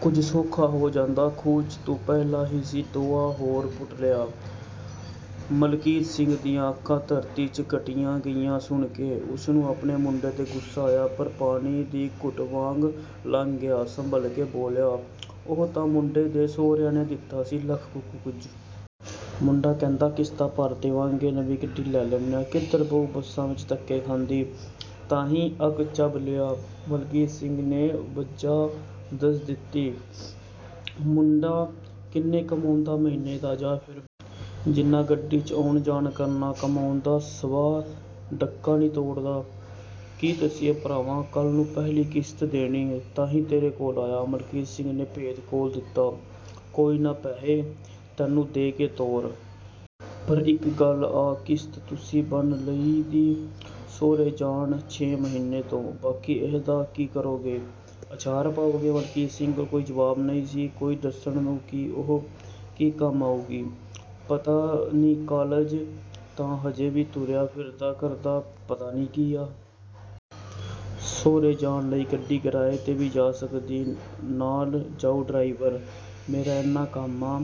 ਕੁਜ ਸੌਖਾ ਹੋ ਜਾਂਦਾ। ਖੂਹ 'ਚ ਤੂੰ ਪਹਿਲਾਂ ਹੀ ਸੀ ਟੋਆ ਹੋਰ ਪੁੱਟ ਲਿਆ।" ਮਲਕੀਤ ਸਿੰਘ ਦੀਆਂ ਅੱਖਾਂ ਧਰਤੀ 'ਚ ਗੱਡੀਆਂ ਗਿਆਂ ਸੁਣ ਕੇ। ਉਸਨੂੰ ਆਪਣੇ ਮੁੰਡੇ ਤੇ ਗੁੱਸਾ ਆਇਆ, ਪਰ ਪਾਣੀ ਦੀ ਘੁੱਟ ਵਾਂਗ ਲੰਗ ਗਿਆ ਸੰਭਲ ਕੇ ਬੋਲਿਆ, "ਉਹ ਤਾਂ ਮੁੰਡੇ ਦੇ ਸੌਹਰਿਆ ਨੇ ਦਿੱਤਾ ਸੀ ਲੱਖ ਕੁ ਕੁਜ। ਮੁੰਡਾ ਕਹਿੰਦਾ ਕਿਸ਼ਤਾਂ ਭਰ ਦਿਆਂਗੇ ਨਵੀਂ ਗੱਡੀ ਲੈ ਲੈਨੇ ਹਾਂ। ਕਿੱਧਰ ਬਹੂ ਬੱਸਾਂ ਚ ਧੱਕੇ ਖਾਂਦੀ, ਤਾਹੀਂ ਅੱਕ ਚੱਬ ਲਿਆ। " ਮਲਕੀਤ ਸਿੰਘ ਨੇ ਵਜ੍ਹਾ ਦੱਸ ਦਿੱਤੀ। "ਮੁੰਡਾ ਕਿੰਨੇ ਕਮਾਉਂਦਾ ਮਹੀਨੇ ਦੇ, ਜਾ ਫੇਰ ਬਹੂ? ਜਿਹਨਾਂ ਗੱਡੀ 'ਚ ਆਉਣ ਜਾਣ ਕਰਨਾ।" ਕਮਾਉਂਦਾ ਸਵਾਹ ਡੱਕਾ ਨੀ ਤੋੜਦਾ। ਕੀ ਦੱਸੀਏ ਭਰਾਵਾਂ ਕੱਲ ਨੂੰ ਪਹਿਲੀ ਕਿਸ਼ਤ ਦੇਣੀ, ਤਾਹੀ ਤੇਰੇ ਕੋਲ ਆਇਆ। ਮਲਕੀਤ ਸਿੰਘ ਨੇ ਭੇਦ ਖੋਲ ਦਿੱਤਾ। ਕੋਈ ਨਾ ਪੈਹੇ ਤੇਨੂੰ ਦੇ ਕੇ ਤੋਰੁ। ਪਰ ਇੱਕ ਗੱਲ ਆ ਕਿਸ਼ਤ ਤੁਸੀਂ ਬੰਨ ਲਈ ਦੀ, ਸੌਹਰੇ ਜਾਣਾ ਛੇ ਮਹੀਨੇ ਤੋਂ। ਬਾਕੀ ਇਹਦਾ ਕਿ ਕਰੋਂਗੇ? ਅਚਾਰ ਪਾਓਗੇ। ਮਲਕੀਤ ਸਿੰਘ ਕੋਲ ਜਵਾਬ ਨਹੀ ਸੀ ਕੋਈ ਦੱਸਣ ਨੂੰ ਕਿ ਓਹ ਕਿ ਕੰਮ ਆਊਗੀ, ਪਤਾ ਨੀ ਕਾਲਜ ਤਾਂ ਹਜੇ ਵੀ ਤੁਰਿਆ ਫਿਰਦਾ ਕਰਦਾ ਪਤਾ ਨਈਂ ਕੀ ਆ? "ਸੌਹਰੇ ਜਾਣ ਲਈ ਗੱਡੀ ਕਿਰਾਏ ਤੇ ਵੀ ਜਾ ਸਕਦੀ ਨਾਲ ਜਾਉ ਡਰਾਈਵਰ।" ਮੇਰਾ ਏਨਾ ਕੰਮ ਆ,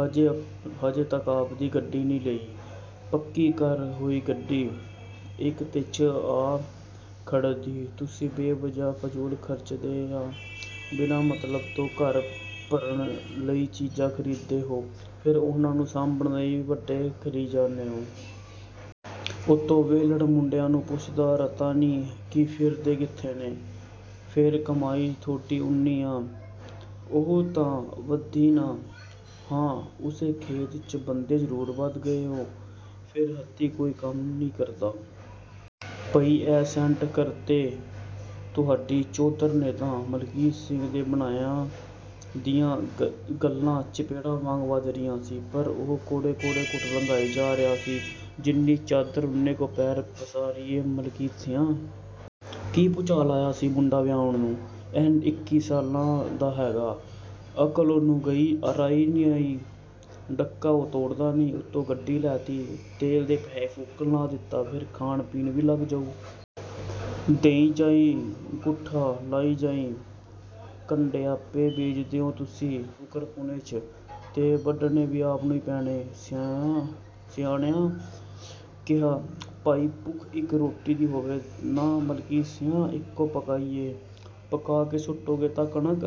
ਹਜੇ ਤੱਕ ਆਪਦੀ ਗੱਡੀ ਨੀ ਲਈ। ਪੱਕੀ ਕਰ ਹੋਈ ਗੱਡੀ, ਇੱਕ ਤੇ 'ਚ ਆ ਖੜ੍ਹਦੀ। ਤੁਸੀਂ ਬੇਵਜ੍ਹਾ ਫਜ਼ੂਲ ਖਰਚਦੇ ਆ ਬਿਨਾਂ ਮਤਲਬ ਤੋਂ ਘਰ ਭਰਨ ਲਈ ਚੀਜ਼ਾਂ ਖਰੀਦਦੇ ਓ, ਫੇਰ ਓਹਨਾ ਨੂ ਸਾਂਭਣ ਲਈ ਘਰ ਵੱਡੇ ਕਰੀ ਜਾਨੈ ਓ। ਉੱਤੋਂ ਵੇਹਲੜ ਮੁੰਡਿਆਂ ਨੂੰ ਪੁੱਛਦੇ ਰਤਾ ਨੀ ਕੇ ਫਿਰਦੇ ਕਿੱਥੇ ਨੇ? ਫੇਰ ਕਮਾਈ ਥੋਡੀ ਓਨੀ ਆ। ਉਹ ਤਾਂ ਵਧੀ ਨਾਂ, ਹਾਂ ਓਸੇ ਖੇਤ ਚ ਬੰਦੇ ਜਰੂਰ ਵੱਧ ਗਏ ਓ, ਫ਼ੇਰ ਹੱਥੀਂ ਕੋਈ ਕੱਮ ਨੀ ਕਰਦੇ। ਬਈ ਏ ਸੈੱਟ ਕਰਤੇ ਤੁਹਾਡੀ ਚੌਧਰ ਨੇਂ ਤਾਂ। " ਮਲਕੀਤ ਸਿੰਘ ਦੇ ਬਾਣੀਏ ਦੀਆਂ ਗੱਲਾਂ ਚਪੇੜਾਂ ਵਾਂਗ ਵੱਜ ਰਹੀਆਂ ਸੀ, ਪਰ ਓਹ ਕੌੜੇ-ਕੌੜੇ ਘੁੱਟ ਲੰਗਾਈ ਜਾ ਰਿਹਾ ਸੀ"। ਜਿੰਨੀ ਚਾਦਰ ਓਨੇ ਕੂ ਪੈਰ ਪਸਾਰੀਏ ਮਲਕੀਤ ਸੀਆਂ। ਕੀ ਭੁਚਾਲ ਆਇਆ ਸੀ? ਮੁੰਡਾ ਵਿਹਾਉਣ ਨੂੰ। ਵੀਹ-ਇੱਕੀ ਸਾਲਾਂ ਦਾ ਹੈਗਾ, ਅਕਲ਼ ਓਹਨੂੰ ਰਾਈ ਦੀ ਨੀ। ਡੱਕਾ ਉਹ ਤੋੜਦਾ ਨਹੀਂ, ਉੱਤੋਂ ਗੱਡੀ ਲੈ ਤੀ। ਤੇਲ ਨੇ ਪੈਹੇ ਫੂਕਣ ਲਾ ਦਿੱਤਾ, ਫੇਰ ਖਾਣ ਪੀਣ ਵੀ ਲੱਗ ਜਾਉ। ਦੇਈ ਜਾਈ, ਗੂਠਾ ਲਾਈ ਜਾਈ। ਕੰਡੇ ਆਪੇ ਬੀਜਦੇ ਓ ਤੁਸੀਂ ਫੁਕਰਪੁਣੇ 'ਚ, ਤੇ ਵੱਢਣੇ ਵੀ ਆਪ ਨੂੰ ਹੀ ਪੈਣੇ। ਸਿਆਣਿਆਂ ਕਿਹਾ ਭਾਈ ਭੁੱਖ ਇੱਕ ਰੋਟੀ ਦੀ ਹੋਵੇ ਨਾਂ ਮਲਕੀਤ ਸੀਆਂ, ਇੱਕੋ ਪਕਾਈਏ। ਪੱਕਾ ਕੇ ਸੁੱਟੋਗੇ ਤਾਂ ਕਣਕ